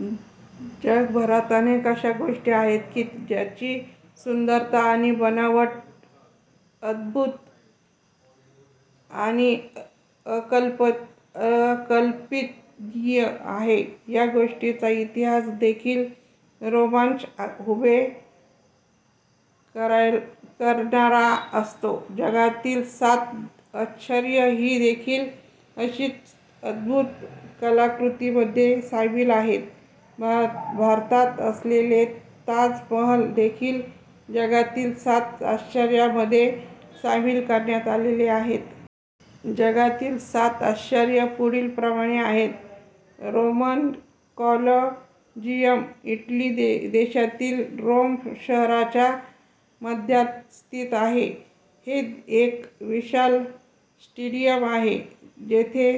: जगभरात अनेक अशा गोष्टी आहेत ज्यांची सुंदरता आणि बनावट अद्भुत आणि अकल्पनीय आहे. या गोष्टींचा इतिहास देखील रोमांच उभे करणारा असतो. जगातील सात आश्चर्य ही देखील अशीच अद्भुत कलाकृतींमध्ये सामील आहेत. भारतात असलेले ताज महाल देखील जगातील सात आश्चर्यांमध्ये सामील करण्यात आलेले आहे. जगातील सात आश्चर्य पुढीलप्रमाणे आहेत रोमन कोलोजियम इटली देशातील रोम शहराच्या मध्यात स्थित आहे. हे एक विशाल स्टेडियम आहे जेथे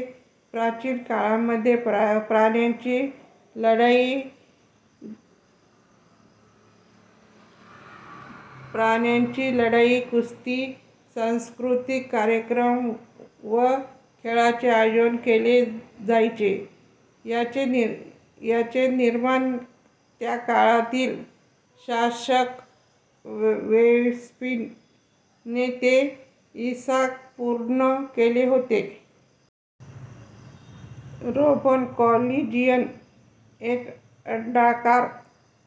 प्राचीन काळामध्ये प्राण्यांची लढाई, कुस्ती, सांस्कृतिक कार्यक्रम व खेळांचे आयोजन केले जायचे. याचे निर्माण त्याकाळातील शासक वेस्पियन ने ते ईसा पूर्व केले होते. रोमन कोलोजियम एक अंडाकार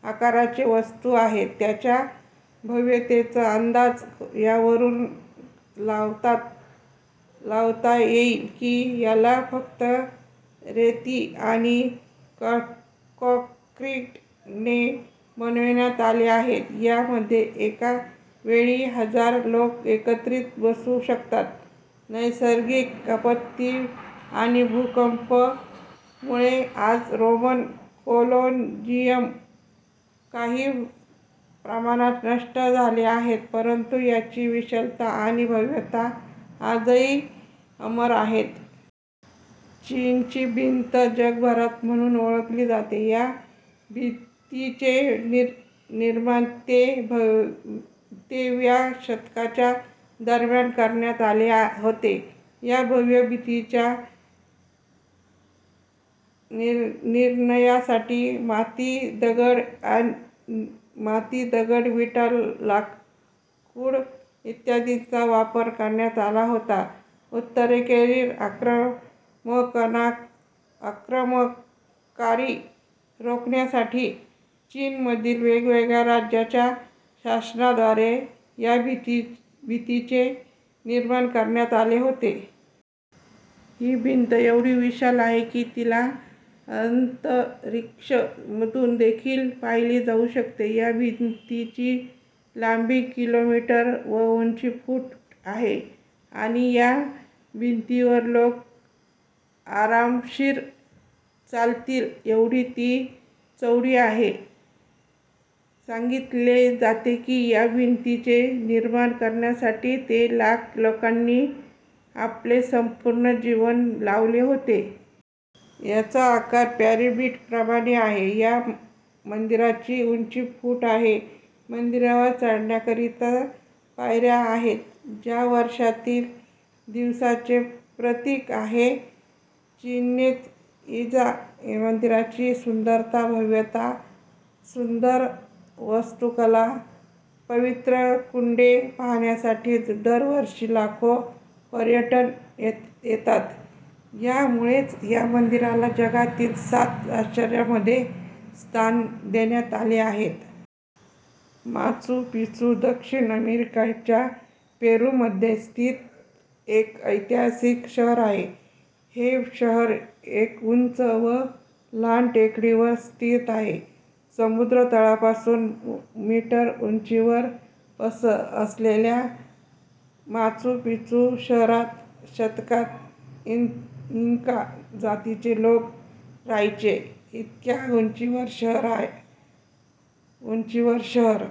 आकाराचे वास्तू आहे. याच्या भव्यतेचा अंदाज यावरून लावता येईल की याला फक्त रेती आणि काँक्रिट ने बनवण्यात आले आहे व यामध्ये एका वेळी हजार लोक एकत्रित बसू शकतात. नैसर्गिक आपत्ती आणि भूकंप मुळे आज रोमन कोलोजियम काही प्रमाणात नष्ट झाले आहे परंतु त्याची विशालता आणि भव्यता आजही अमर आहे. चीनची भिंत जगभरात म्हणून ओळखली जाते. या भिंतीचे निर्माण ते व्या शतकाच्या दरम्यान करण्यात आले होते. या भव्य भिंतीच्या निर्माणासाठी माती, दगड, विटा, लाकूड इत्यादींचा वापर करण्यात आला होता. उत्तरेकडील आक्रमणकारी रोखण्याकरिता चीनमधील वेगवेगळ्या राज्यांच्या शासका द्वारे या भिंतीचे निर्माण करण्यात आले होते. ही भिंत एवढी विशाल आहे की तिला अंतरिक्ष मधून देखील पाहिले जाऊ शकते. या भिंतीची लांबी किलोमीटर व उंची फूट आहे. आणि या भिंतीवर लोक आरामशीर चालतील एवढी ती चौडी आहे. सांगितले जाते की या भिंतीचे निर्माण करण्यासाठी ते लाख लोकांनी आपले संपूर्ण जीवन लावले होते. याचा आकार पिरॅमिड प्रमाणे आहे. व या मंदिराची उंची फूट आहे. मंदिरावर चढण्याकरिता पायऱ्या आहेत, ज्या वर्षातील दिवसांचे प्रतीक आहेत. चीचेन इत्जा मंदिराची सुंदरता, भव्यता, सुंदर वास्तुकला, पवित्र कुंडे पाहण्यासाठी दरवर्षी लाखो पर्यटक येतात व यामुळेच या मंदिराला जगातील सात आश्चर्यांमध्ये स्थान देण्यात आले आहे. माचू पिचू दक्षिण अमेरिका च्या पेरू मध्ये स्थित एक ऐतिहासिक शहर आहे. हे शहर एका उंच व लहान टेकडीवर स्थित आहे. समुद्र तळापासून मीटर उंचीवर असलेल्या माचू पिचू शहरात शतकात इंका जातीचे लोक राहायचे. इतक्या उंचीवर शहर